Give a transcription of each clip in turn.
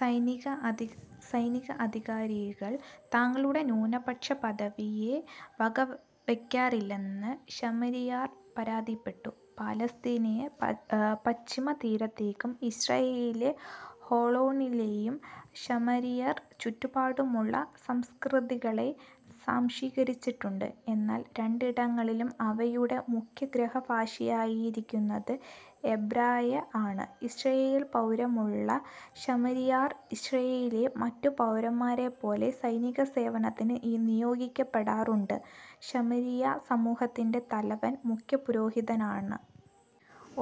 സൈനിക അധികാരികൾ തങ്ങളുടെ ന്യൂനപക്ഷപദവിയെ വകവയ്ക്കാറില്ലെന്ന് ശമരിയർ പരാതിപ്പെടുന്നു.. പലസ്തീനിയൻ പശ്ചിമതീരത്തേയും ഇസ്രായേലിലെ ഹോളോണിലേയും ശമരിയർ ചുറ്റുപാടുമുള്ള സംസ്കൃതികളെ സ്വാംശീകരിച്ചിട്ടുണ്ട്. എന്നാൽ രണ്ടിടങ്ങളിലും അവരുടെ മുഖ്യഗൃഹഭാഷയായിരിക്കുന്നത് എബ്രായ ആണ്. ഇസ്രായേൽ പൗരത്വമുള്ള ശമരിയർ, ഇസ്രായേലിലെ മറ്റു പൗരന്മാരെപ്പോലെ സൈനികസേവനത്തിന് നിയോഗിക്കപ്പെടാറുണ്ട്. ശമരിയ സമൂഹത്തിന്റെ തലവൻ മുഖ്യപുരോഹിതനാണ്.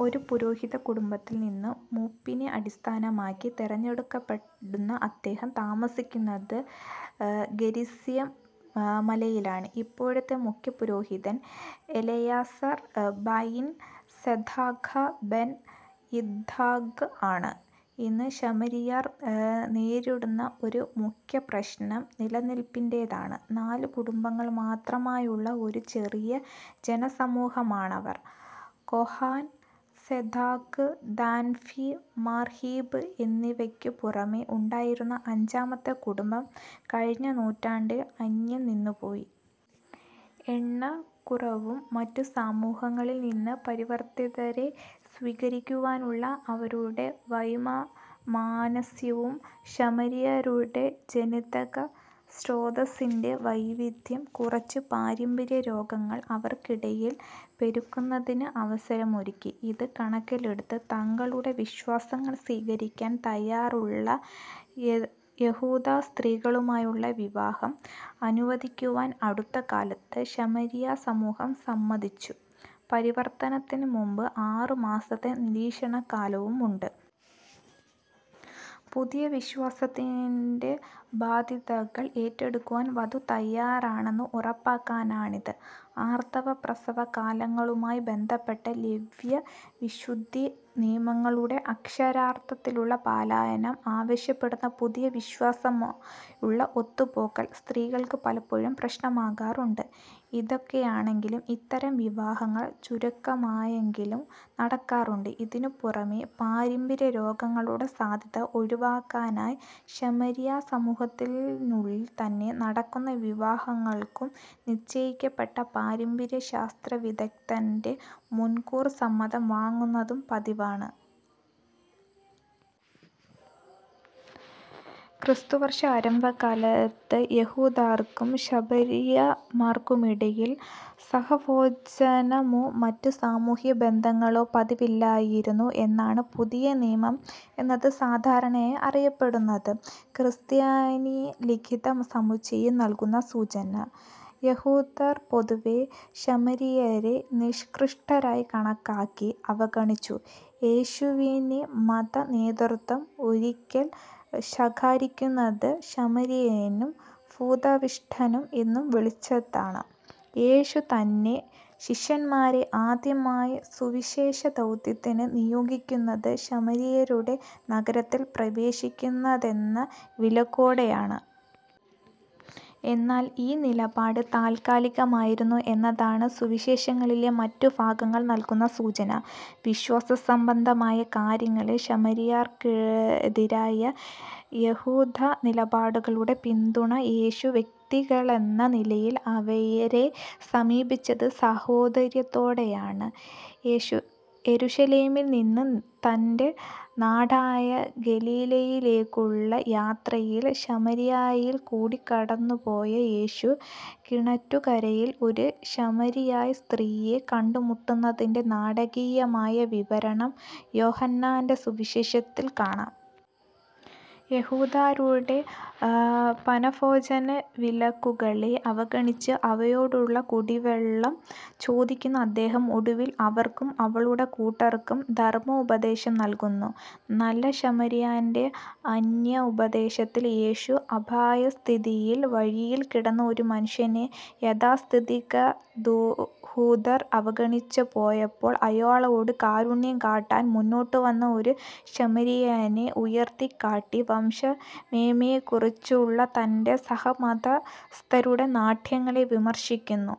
ഒരു പുരോഹിതകുടുംബത്തിൽ നിന്ന് മൂപ്പിനെ അടിസ്ഥാനമാക്കി തെരഞ്ഞെടുക്കപ്പെടുന്ന അദ്ദേഹം, താമസിക്കുന്നത് ഗെരിസിം മലയിലാണ്. ഇപ്പോഴത്തെ മുഖ്യപുരോഹിതൻ Elazar ben Tsedaka ben Yitzhaq ആണ്. ഇന്ന് ശമരിയർ നേരിടുന്ന ഒരു മുഖ്യപ്രശ്നം നിലനില്പിന്റേതാണ്. നാലു കുടുംബങ്ങൾ മാത്രമായുള്ള ഒരു ചെറിയ ജനസമൂഹമാണവർ. കോഹൻ, സെദാഖ്, ദാൻഫി, മാർഹിബ് എന്നിവക്കു പുറമേ ഉണ്ടായിരുന്ന അഞ്ചാമത്തെ കുടുംബം കഴിഞ്ഞ നൂറ്റാണ്ടിൽ അന്യം നിന്നുപോയി. എണ്ണക്കുറവും മറ്റു സമൂഹങ്ങളിൽ നിന്ന് പരിവർത്തിതരെ സ്വീകരിക്കാനുള്ള അവരുടെ വൈമനസ്യവും ശമരിയരുടെ ജനിതകസ്രോതസ്സിന്റെ വൈവിദ്ധ്യം കുറച്ച് പാരമ്പര്യരോഗങ്ങൾ അവർക്കിടയിൽ പെരുക്കുന്നതിന് അവസരമൊരുക്കി. ഇത് കണക്കിലെടുത്ത്, തങ്ങളുടെ വിശ്വാസങ്ങൾ സ്വീകരിക്കാൻ തയ്യാറുള്ള യഹൂദസ്ത്രീകളുമായുള്ള വിവാഹം അനുവദിക്കാൻ അടുത്ത കാലത്ത് ശമരിയ സമൂഹം സമ്മതിച്ചു. പരിവർത്തനത്തിനുമുൻപ് ആറുമാസത്തെ നിരീക്ഷണകാലമുണ്ട്. പുതിയ വിശ്വാസത്തിന്റെ ബാദ്ധ്യതകൾ ഏറ്റെടുക്കാൻ വധു തയ്യാറാണെന്ന് ഉറപ്പാക്കാനാണിത്. ആർത്തവ-പ്രസവ കാലങ്ങളുമായി ബന്ധപ്പെട്ട ലേവ്യ വിശുദ്ധിനിയങ്ങളുടെ അക്ഷരാർത്ഥത്തിലുള്ള പാലനം അവശ്യപ്പെടുന്ന പുതിയ വിശ്വാസവുമായുള്ള ഒത്തുപോകൽ, സ്ത്രീകൾക്ക് പലപ്പോഴും പ്രശ്നമുണ്ടാക്കാറുണ്ട്. ഇതൊക്കെയാണെങ്കിലും ഇത്തരം വിവാഹങ്ങൾ ചുരുക്കമായെങ്കിലും നടക്കാറുണ്ട്. ഇതിനുപുറമേ, പാരമ്പര്യരോഗങ്ങളുടെ സാധ്യത ഒഴിവാക്കാനായി, ശമരിയ സമൂഹത്തിനുള്ളിൽ തന്നെ നടക്കുന്ന വിവാഹങ്ങൾക്കും, നിശ്ചയിക്കപ്പെട്ട പാരമ്പര്യശാസ്ത്രവിദഗ്ദ്ധന്റെ മുൻകൂർ സമ്മതം വാങ്ങുന്നതും പതിവാണ്. ക്രിസ്തുവർഷാരംഭകാലത്ത് യഹൂദർക്കും ശമരിയർക്കുമിടയിൽ സഹഭോജനമോ മറ്റു സാമൂഹ്യബന്ധങ്ങളോ പതിവില്ലായിരുന്നു എന്നാണ് പുതിയനിയമം എന്ന് സാധാരണയായി അറിയപ്പെടുന്ന ക്രിസ്തീയലിഖിതസമുച്ചയം നൽകുന്ന സൂചന. യഹൂദർ പൊതുവേ ശമരിയരെ നികൃഷ്ടരായി കണക്കാക്കി അവഗണിച്ചു. യേശുവിനെ മതനേതൃത്വം ഒരിക്കൽ ശകാരിക്കുന്നത് "ശമരിയനും ഭൂതാവിഷ്ടനും" എന്നു വിളിച്ചാണ്. യേശു തന്നെ, ശിഷ്യന്മാരെ ആദ്യമായി സുവിശേഷ ദൗത്യത്തിനു നിയോഗിക്കുന്നത് ശമരിയരുടെ നഗരത്തിൽ പ്രവേശിക്കരുതെന്ന വിലക്കോടെയാണ്. എന്നാൽ ഈ നിലപാട് താൽക്കാലികമായിരുന്നു എന്നാണ് സുവിശേഷങ്ങളിലെ മറ്റു ഭാഗങ്ങൾ നൽകുന്ന സൂചന. വിശ്വാസസംബന്ധമായ കാര്യങ്ങളിൽ ശമരിയർക്കെതിരായ യഹൂദനിലപാടുകളെ പിന്തുണച്ച യേശു, വ്യക്തികളെന്ന നിലയിൽ അവരെ സമീപിച്ചത് സഹോദര്യത്തോടെയാണ്. യെരുശലേമിൽ നിന്ന് തന്റെ നാടായ ഗലീലായിലേക്കുള്ള യാത്രയിൽ ശമരിയായിൽ കൂടി കടന്നുപോയ യേശു കിണറ്റുകരയിൽ ഒരു ശമരിയ സ്ത്രീയെ കണ്ടുമുട്ടുന്നതിന്റെ നാടകീയമായ വിവരണം യോഹന്നാന്റെ സുവിശേഷത്തിൽ കാണാം. യഹൂദരുടെ പാനഭോജനവിലക്കുകളെ അവഗണിച്ച് അവളോട് കുടിവെള്ളം ചോദിക്കുന്ന അദ്ദേഹം ഒടുവിൽ അവൾക്കും അവളുടെ കൂട്ടർക്കും ധർമ്മോപദേശം നൽകുന്നു. നല്ല ശമരിയന്റെ അന്യാപദേശത്തിൽ യേശു, അപായസ്ഥിതിയിൽ വഴിയിൽ കിടന്ന ഒരു മനുഷ്യനെ യാഥാസ്ഥിതികയഹൂദർ അവഗണിച്ചുപോയപ്പോൾ അയാളോട് കാരുണ്യം കാട്ടാൻ മുന്നോട്ടുവന്ന ഒരു ശമരിയനെ ഉയർത്തിക്കാട്ടി, വംശമേന്മയെക്കുറിച്ചുള്ള തന്റെ സഹമതസ്ഥരുടെ നാട്യങ്ങളെ വിമർശിക്കുന്നു.